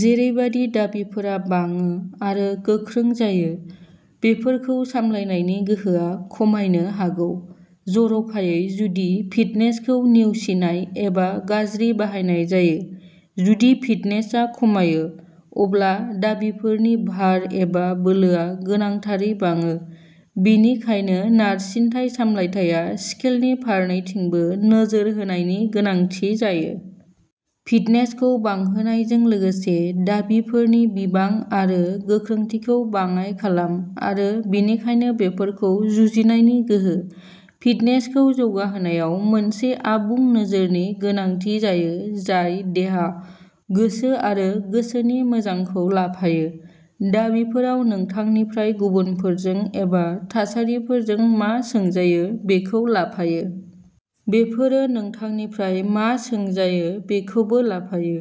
जेरैबादि दाबिफोरा बाङो आरो गोख्रों जायो, बेफोरखौ सामलायनायनि गोहोआ खमायनो हागौ, जर'खायै जुदि फिटनेसखौ नेवसिनाय एबा गाज्रि बाहायनाय जायो। जुदि फिटनेसआ खमायो, अब्ला दाबिफोरनि भार एबा बोलोआ गोनांथारै बाङो। बेनिखायनो नारसिनथाय सामलायथाया स्केलनि फारनैथिंबो नोजोर होनायनि गोनांथि जायो। फिटनेसखौ बांहोनायजों लोगोसे दाबिफोरनि बिबां आरो गोख्रोंथिखौ बाङाइ खालाम आरो बेनिखायनो बेफोरखौ जुजिनायनि गोहो। फिटनेसखौ जौगाहोनायाव मोनसे आबुं नोजोरनि गोनांथि जायो जाय देहा, गोसो आरो गोसोनि मोजांखौ लाफायो। दाबिफोराव नोंथांनिफ्राय गुबुनफोरजों एबा थासारिफोरजों मा सोंजायो बेखौ लाफायो। बेफोरो नोंथांनिफ्राय मा सोंजायो बेखौबो लाफायो,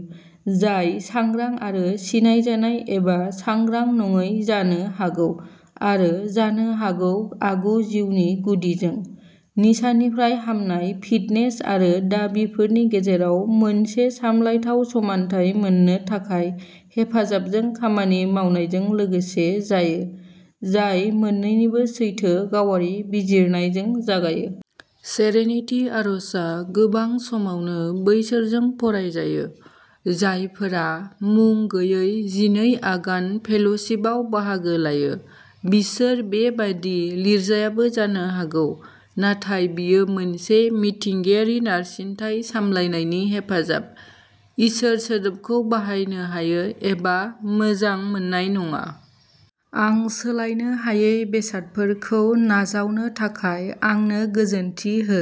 जाय सांग्रां आरो सिनायजानाय एबा सांग्रां नङि जानो हागौ आरो जानो हागौ आगु जिउनि गुदिजों। निसानिफ्राय हामनाया फिटनेस आरो दाबिफोरनि गेजेराव मोनसे सामलायथाव समानथाय मोन्नो थाखाय हेफाजाबजों खामानि मावनायजों लोगोसे जायो, जाय मोन्नैनिबो सैथो गावारि बिजिरनायजों जागायो। सेरेनिटी आरजआ गोबां समावनो बैसोरजों फरायजायो। जायफोरा मुं गोयि जिनै आगान फेल'शिपआव बाहागो लायो, बिसोर बेबादि लिरजायाबो जानो हागौ, नाथाय बेयो मोनसे मिथिंगायारि नारसिनथाय सामलायनायनि हेफाजाब। इसोर सोदोबखौ बाहायनो हायो एबा मोजां मोननाय नङा। आं सोलायनो हायै बेसादफोरखौ नाजावनो थाखाय आंनो गोजोनथि हो,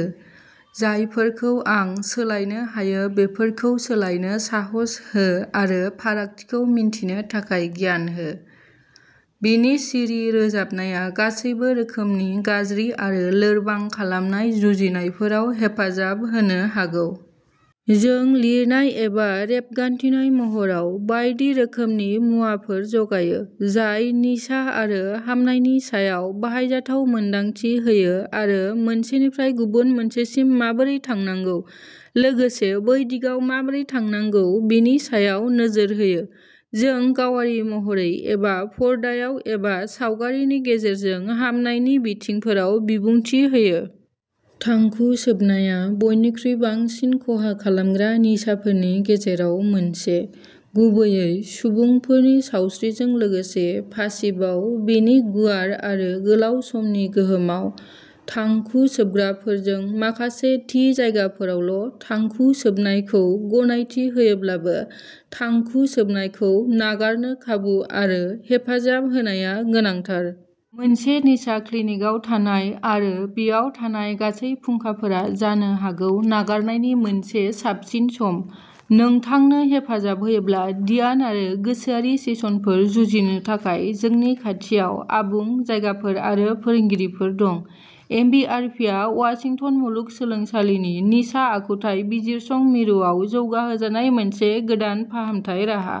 जायफोरखौ आं सोलायनो हायो बेफोरखौ सोलायनो साहस हो आरो फारागथिखौ मिन्थिनो थाखाय गियान हो। बेनि सिरि रोजाबनाया गासैबो रोखोमनि गाज्रि आरो लोरबां खालामनाय जुजिनायफोराव हेफाजाब होनो हागौ। जों लिरनाय एबा रेबगान्थिनाय महराव बायदि रोखोमनि मुवाफोर जगायो जाय निसा आरो हामनायनि सायाव बाहायजाथाव मोनदांथि होयो आरो मोनसेनिफ्राय गुबुन मोनसेसिम माबोरै थांनांगौ, लोगोसे बै दिगाव माबोरै थांनांगौ बेनि सायाव नोजोर होयो। जों गावारि महरै एबा पर्दायाव एबा सावगारिनि गेजेरजों हामनायनि बिथिंफोराव बिबुंथि होयो। थांखु सोबनाया बयनिख्रुइ बांसिन खहा खालामग्रा निसाफोरनि गेजेराव मोनसे, गुबैयै सुबुंफोरनि सावस्रिजों लोगोसे पासिभआव बेनि गुवार आरो गोलाव समनि गोहोमआव। थांखु सोबग्राफोर जों माखासे थि जायगाफोरावल' थांखु सोबनायखौ गनायथि होयोब्लाबो, थांखु सोबनायखौ नागारनो खाबु आरो हेफाजाब होनाया गोनांथार। मोनसे निसा क्लिनिकआव थानाय आरो बेयाव थानाय गासैबो फुंखाफोरा जानो हागौ नागारनायनि मोनसे साबसिन सम। नोंथांनो हेफाजाब होयोब्ला ध्यान आरो गोसोआरि सेसनफोर जुरिनो थाखाय जोंनि खाथियाव आबुं जायगाफोर आरो फोरोंगिरिफोर दं। एमबिआरपिआ वाशिंटन मुलुगसोलोंसालिनि निसा आखुथाय बिजिरसं मिरुआव जौगाहोजानाय मोनसे गोदान फाहामथाय राहा,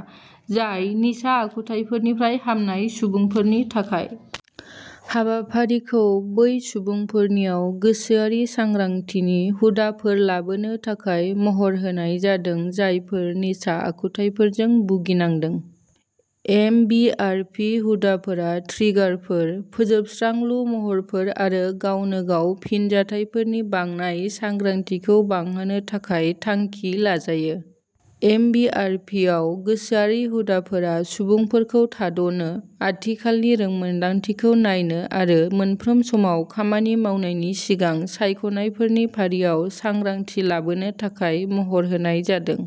जाय निसा आखुथायफोरनिफ्राय हामनाय सुबुंफोरनि थाखाय। हाबाफारिखौ बै सुबुंफोरनियाव गोसोआरि सांग्रांथिनि हुदाफोर लाबोनो थाखाय महर होनाय जादों जायफोरा निसा आखुथायफोरजों भुगिनांदों। एमबिआरपि हुदाफोरा ट्रिगारफोर, फोजोबस्रांलु महरफोर आरो गावनो गाव फिनजाथायफोरनि बांनाय सांग्रांथिखौ बांहोनो थाखाय थांखि लाजायो। एमबिआरपिआव गोसोआरि हुदाफोरा सुबुंफोरखौ थाद'नो, आथिखालनि रोंमोनदांथिखौ नायनो आरो मोनफ्रोम समाव खामानि मावनायनि सिगां सायख'नायफोरनि फारियाव सांग्रांथि लाबोनो थाखाय महर होनाय जादों।